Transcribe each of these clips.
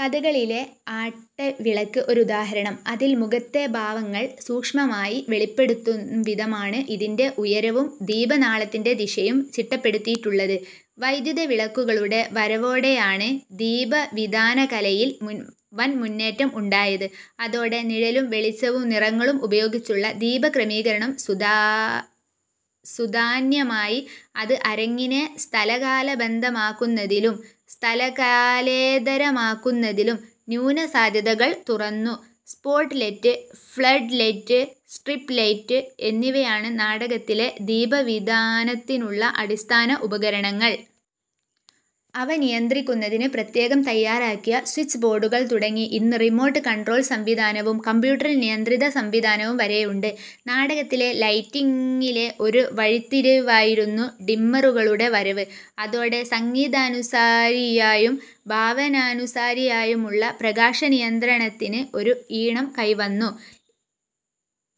കഥകളിയിലെ ആട്ടവിളക്ക് ഒരുദാഹരണം. അതിൽ മുഖത്തെ ഭാവങ്ങൾ സൂക്ഷ്മമായി വെളിപ്പെടുത്തുംവിധമാണ് ഇതിൻ്റെ ഉയരവും ദീപനാളത്തിൻ്റെ ദിശയും ചിട്ടപ്പെടുത്തിയിട്ടുള്ളത്. വൈദ്യുതവിളക്കുകളുടെ വരവോടെയാണ് ദീപവിതാനകലയിൽ വൻമുന്നേറ്റം ഉണ്ടായത്. അതോടെ നിഴലും വെളിച്ചവും നിറങ്ങളും ഉപയോഗിച്ചുള്ള ദീപക്രമീകരണം സുസാധ്യമായി. അത് അരങ്ങിനെ സ്ഥലകാലബദ്ധമാക്കുന്നതിലും സ്ഥലകാലേതരമാക്കുന്നതിലും നൂതനസാധ്യതകൾ തുറന്നു. സ്പോട്ട്ലൈറ്റ്, ഫ്ലഡ്ലൈറ്റ്, സ്ട്രിപ്പ്ലൈറ്റ് എന്നിവയാണ് നാടകത്തിലെ ദീപവിതാനത്തിനുള്ള അടിസ്ഥാന ഉപകരണങ്ങൾ. അവ നിയന്ത്രിക്കുന്നതിന് പ്രത്യേകം തയ്യാറാക്കിയ സ്വിച്ച്ബോർഡുകൾ തുടങ്ങി, ഇന്ന് റിമോട്ട് കൺട്രോൾ സംവിധാനവും കംപ്യൂട്ടർ നിയന്ത്രിതസംവിധാനവും വരെയുണ്ട്. നാടകത്തിലെ ലൈറ്റിങ്ങിലെ ഒരു വഴിത്തിരിവായിരുന്നു ഡിമ്മറുകളുടെ വരവ്. അതോടെ സംഗീതാനുസാരിയായും ഭാവാനുസാരിയായുമുള്ള പ്രകാശനിയന്ത്രണത്തിന് ഒരു ഈണം കൈവന്നു.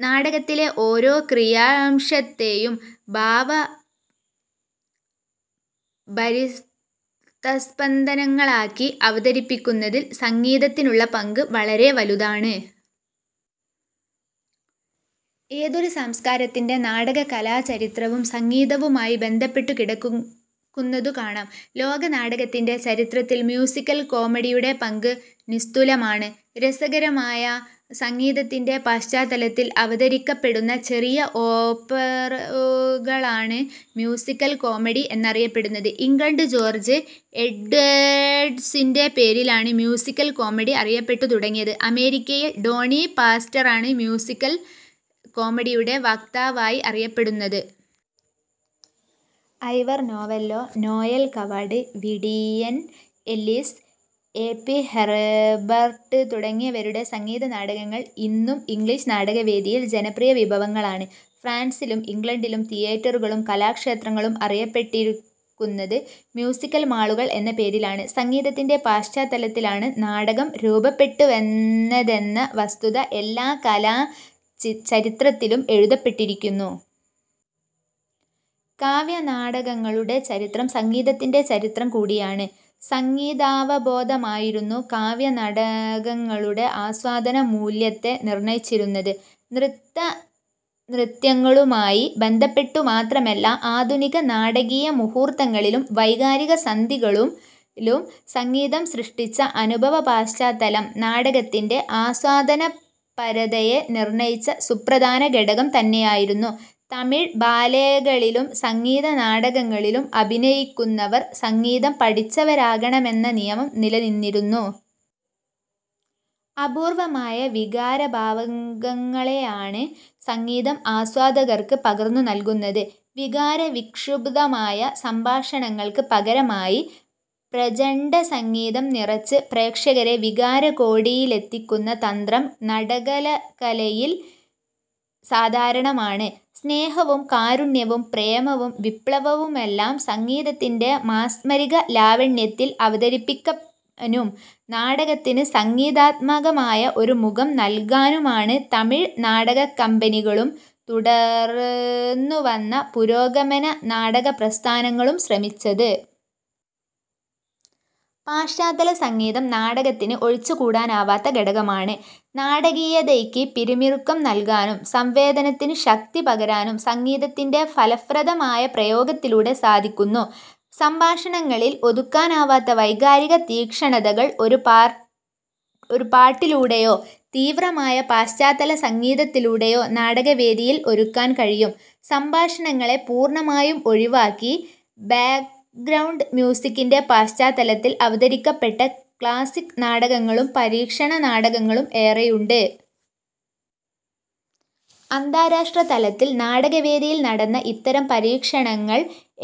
നാടകത്തിലെ ഓരോ ക്രിയാംശത്തെയും ഭാവഭരിതസ്പന്ദനങ്ങളാക്കി അവതരിപ്പിക്കുന്നതിൽ സംഗീതത്തിനുള്ള പങ്ക് വളരെ വലുതാണ്. ഏതൊരു സംസ്കാരത്തിൻ്റെ നാടക കലാചരിത്രവും സംഗീതവുമായി ബന്ധപ്പെട്ടു കിടക്കുന്നതുകാണാം. ലോക നാടകത്തിൻ്റെ ചരിത്രത്തിൽ മ്യൂസിക്കൽ കോമഡിയുടെ പങ്ക് നിസ്തുലമാണ്. രസകരമായ സംഗീതത്തിൻ്റെ പശ്ചാത്തലത്തിൽ അവതരിപ്പിക്കപ്പെടുന്ന ചെറിയ ഓപ്പറകളാണ് മ്യൂസിക്കൽ കോമഡി എന്നറിയപ്പെടുന്നത്. ഇംഗ്ലണ്ടിൽ ജോർജ് എഡ്വേഡ്സിൻ്റെ പേരിലാണ് മ്യൂസിക്കൽ കോമഡി അറിയപ്പെട്ടു തുടങ്ങിയത്. അമേരിക്കയിൽ ടോണി പാസ്റ്ററാണ് മ്യൂസിക്കൽ കോമഡിയുടെ വക്താവായി അറിയപ്പെടുന്നത്. Ivor Novello, Noel Coward, Vivian Ellis, A P Herbert തുടങ്ങിയവരുടെ സംഗീത നാടകങ്ങൾ ഇന്നും ഇംഗ്ലീഷ് നാടകവേദിയിൽ ജനപ്രിയ വിഭവങ്ങളാണ്. ഫ്രാൻസിലും ഇംഗ്ലണ്ടിലും തിയേറ്ററുകളും കലാക്ഷേത്രങ്ങളും അറിയപ്പെട്ടിരുന്നത് മ്യൂസിക്കൽ മാളുകൾ എന്ന പേരിലാണ്. സംഗീതത്തിൻ്റെ പശ്ചാത്തലത്തിലാണ് നാടകം രൂപപ്പെട്ടുവന്നതെന്ന വസ്തുത എല്ലാ കലാചരിത്രത്തിലും എഴുതപ്പെട്ടിരിക്കുന്നു. കാവ്യനാടകങ്ങളുടെ ചരിത്രം സംഗീതത്തിൻ്റെ ചരിത്രം കൂടിയാണ്. സംഗീതാവബോധമായിരുന്നു കാവ്യനാടകങ്ങളുടെ ആസ്വാദന മൂല്യത്തെ നിർണയിച്ചിരുന്നത്. നൃത്തനൃത്യങ്ങളുമായി ബന്ധപ്പെട്ടു മാത്രമല്ല, ആധുനിക നാടകീയ മുഹൂർത്തങ്ങളിലും വൈകാരിക സന്ധികളിലും സംഗീതം സൃഷ്ടിച്ച അനുഭവപശ്ചാത്തലം നാടകത്തിൻ്റെ ആസ്വാദനപരതയെ നിർണയിച്ച സുപ്രധാനഘടകം തന്നെയായിരുന്നു. തമിഴ് ബാലേകളിലും സംഗീത നാടകങ്ങളിലും അഭിനയിക്കുന്നവർ സംഗീതം പഠിച്ചവരാകണമെന്ന നിയമം നിലനിന്നിരുന്നു. അപൂർവമായ വികാരഭാവങ്ങളെയാണ് സംഗീതം ആസ്വാദകർക്ക് പകർന്നു നൽകുന്നത്. വികാരവിക്ഷുബ്ധമായ സംഭാഷണങ്ങൾക്ക് പകരമായി, പ്രചണ്ഡസംഗീതം നിറച്ച് പ്രേക്ഷകരെ വികാരകോടിയിലെത്തിക്കുന്ന തന്ത്രം നാടകകലയിൽ സാധാരണമാണ്. സ്നേഹവും കാരുണ്യവും പ്രേമവും വിപ്ലവവുമെല്ലാം സംഗീതത്തിൻ്റെ മാസ്മരിക ലാവണ്യത്തിൽ അവതരിപ്പിക്കാനും നാടകത്തിന് സംഗീതാത്മകമായ ഒരു മുഖം നൽകാനുമാണ് തമിഴ് നാടകക്കമ്പനികളും തുടർന്നുവന്ന പുരോഗമന നാടകപ്രസ്ഥാനങ്ങളും ശ്രമിച്ചത്. പശ്ചാത്തല സംഗീതം നാടകത്തിന് ഒഴിച്ചുകൂടാനാവാത്ത ഘടകമാണ്. നാടകീയതയ്ക്ക് പിരിമുറുക്കം നൽകാനും സംവേദനത്തിന് ശക്തി പകരാനും സംഗീതത്തിൻ്റെ ഫലപ്രദമായ പ്രയോഗത്തിലൂടെ സാധിക്കുന്നു. സംഭാഷണങ്ങളിൽ ഒതുക്കാനാവാത്ത വൈകാരിക തീക്ഷ്ണതകൾ ഒരു പാട്ടിലൂടെയോ തീവ്രമായ പശ്ചാത്തല സംഗീതത്തിലൂടെയോ നാടകവേദിയിൽ ഒരുക്കാൻ കഴിയും. സംഭാഷണങ്ങളെ പൂർണമായും ഒഴിവാക്കി, ബാക്ക്ഗ്രൗണ്ട് മ്യൂസിക്കിൻ്റെ പശ്ചാത്തലത്തിൽ അവതരിപ്പിക്കപ്പെട്ട ക്ലാസിക് നാടകങ്ങളും പരീക്ഷണ നാടകങ്ങളും ഏറെയുണ്ട്. അന്താരാഷ്ട്രതലത്തിൽ നാടകവേദിയിൽ നടന്ന ഇത്തരം പരീക്ഷണങ്ങൾ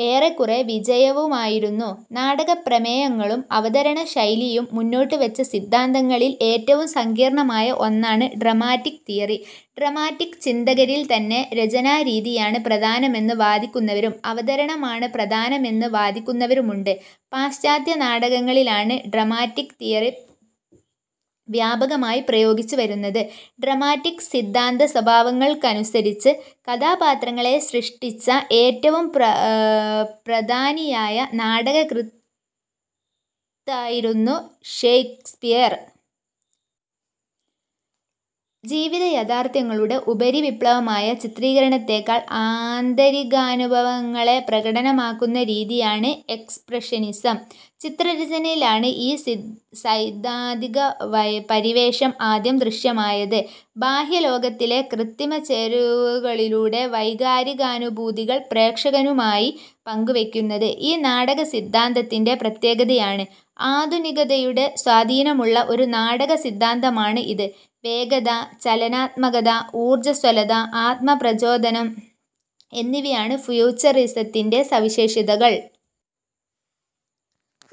ഏറെക്കുറെ വിജയവുമായിരുന്നു. നാടകപ്രമേയങ്ങളും അവതരണശൈലിയും മുന്നോട്ടുവച്ച സിദ്ധാന്തങ്ങളിൽ ഏറ്റവും സങ്കീർണമായ ഒന്നാണ് ഡ്രമാറ്റിക് തിയറി. ഡ്രമാറ്റിക് ചിന്തകരിൽത്തന്നെ രചനാരീതിയാണ് പ്രധാനമെന്ന് വാദിക്കുന്നവരും അവതരണമാണ് പ്രധാനമെന്ന് വാദിക്കുന്നവരുമുണ്ട്. പാശ്ചാത്യ നാടകങ്ങളിലാണ് ഡ്രമാറ്റിക് തിയറി വ്യാപകമായി പ്രയോഗിച്ചുവരുന്നത്. ഡ്രമാറ്റിക് സിദ്ധാന്ത സ്വഭാവങ്ങൾക്കനുസരിച്ച് കഥാപാത്രങ്ങളെ സൃഷ്ടിച്ച ഏറ്റവും പ്രധാനിയായ നാടകകൃത്തായിരുന്നു ഷെയ്ക്സ്പിയർ. ജീവിത യാഥാർഥ്യങ്ങളുടെ ഉപരിപ്ലവമായ ചിത്രീകരണത്തെക്കാൾ ആന്തരികാനുഭവങ്ങളെ പ്രകടമാക്കുന്ന രീതിയാണ് എക്സ്പ്രഷനിസം. ചിത്രരചനയിലാണ് ഈ സൈദ്ധാന്തിക പരിവേഷം ആദ്യം ദൃശ്യമായത്. ബാഹ്യലോകത്തിൻ്റെ കൃത്രിമച്ചേരുവകളിലൂടെ വൈകാരികാനുഭൂതികൾ പ്രേക്ഷകനുമായി പങ്കുവയ്ക്കുന്നത് ഈ നാടകസിദ്ധാന്തത്തിൻ്റെ പ്രത്യേകതയാണ്. ആധുനികതയുടെ സ്വാധീനമുള്ള ഒരു നാടകസിദ്ധാന്തമാണ് ഇത്. വേഗത, ചലനാത്മകത, ഊർജസ്വലത, ആത്മപ്രചോദനം എന്നിവയാണ് ഫ്യൂച്ചറിസത്തിൻ്റെ സവിശേഷതകൾ.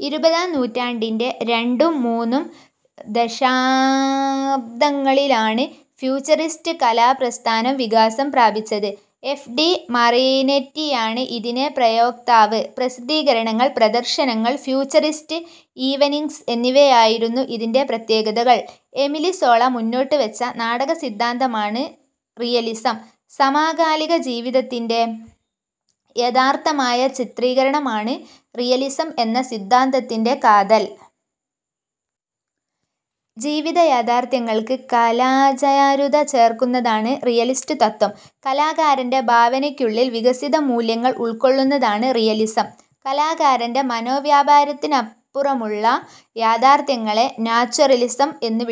ഇരുപതാം നൂറ്റാണ്ടിൻ്റെ രണ്ടും മൂന്നും ദശാബ്ദങ്ങളിലാണ് ഫ്യൂച്ചറിസ്റ്റ് കലാപ്രസ്ഥാനം വികാസം പ്രാപിച്ചത്. എഫ് ടി മറിനെറ്റിയാണ് ഇതിൻ്റെ പ്രയോക്താവ്. പ്രസിദ്ധീകരണങ്ങൾ, പ്രദർശനങ്ങൾ, ഫ്യൂച്ചറിസ്റ്റ് ഈവനിങ്സ് എന്നിവയായിരുന്നു ഇതിൻ്റെ പ്രത്യേകതകൾ. എമിലി സോള മുന്നോട്ടുവച്ച നാടകസിദ്ധാന്തമാണ് റിയലിസം. സമകാലിക ജീവിതത്തിൻ്റെ യഥാതഥമായ ചിത്രീകരണമാണ് റിയലിസം എന്ന സിദ്ധാന്തത്തിൻ്റെ കാതൽ. ജീവിതയാഥാർഥ്യങ്ങൾക്ക് കലാചാരുത ചേർക്കുന്നതാണ് റിയലിസ്റ്റ് തത്ത്വം. കലാകാരൻ്റെ ഭാവനയ്ക്കുള്ളിൽ വികസിക്കുന്ന മൂല്യങ്ങൾ ഉൾക്കൊള്ളുന്നതാണ് റിയലിസം. കലാകാരൻ്റെ മനോവ്യാപാരത്തിനപ്പുറമുള്ള യാഥാർഥ്യങ്ങളെ നാച്വറലിസം എന്ന് വിളിക്കുന്നു.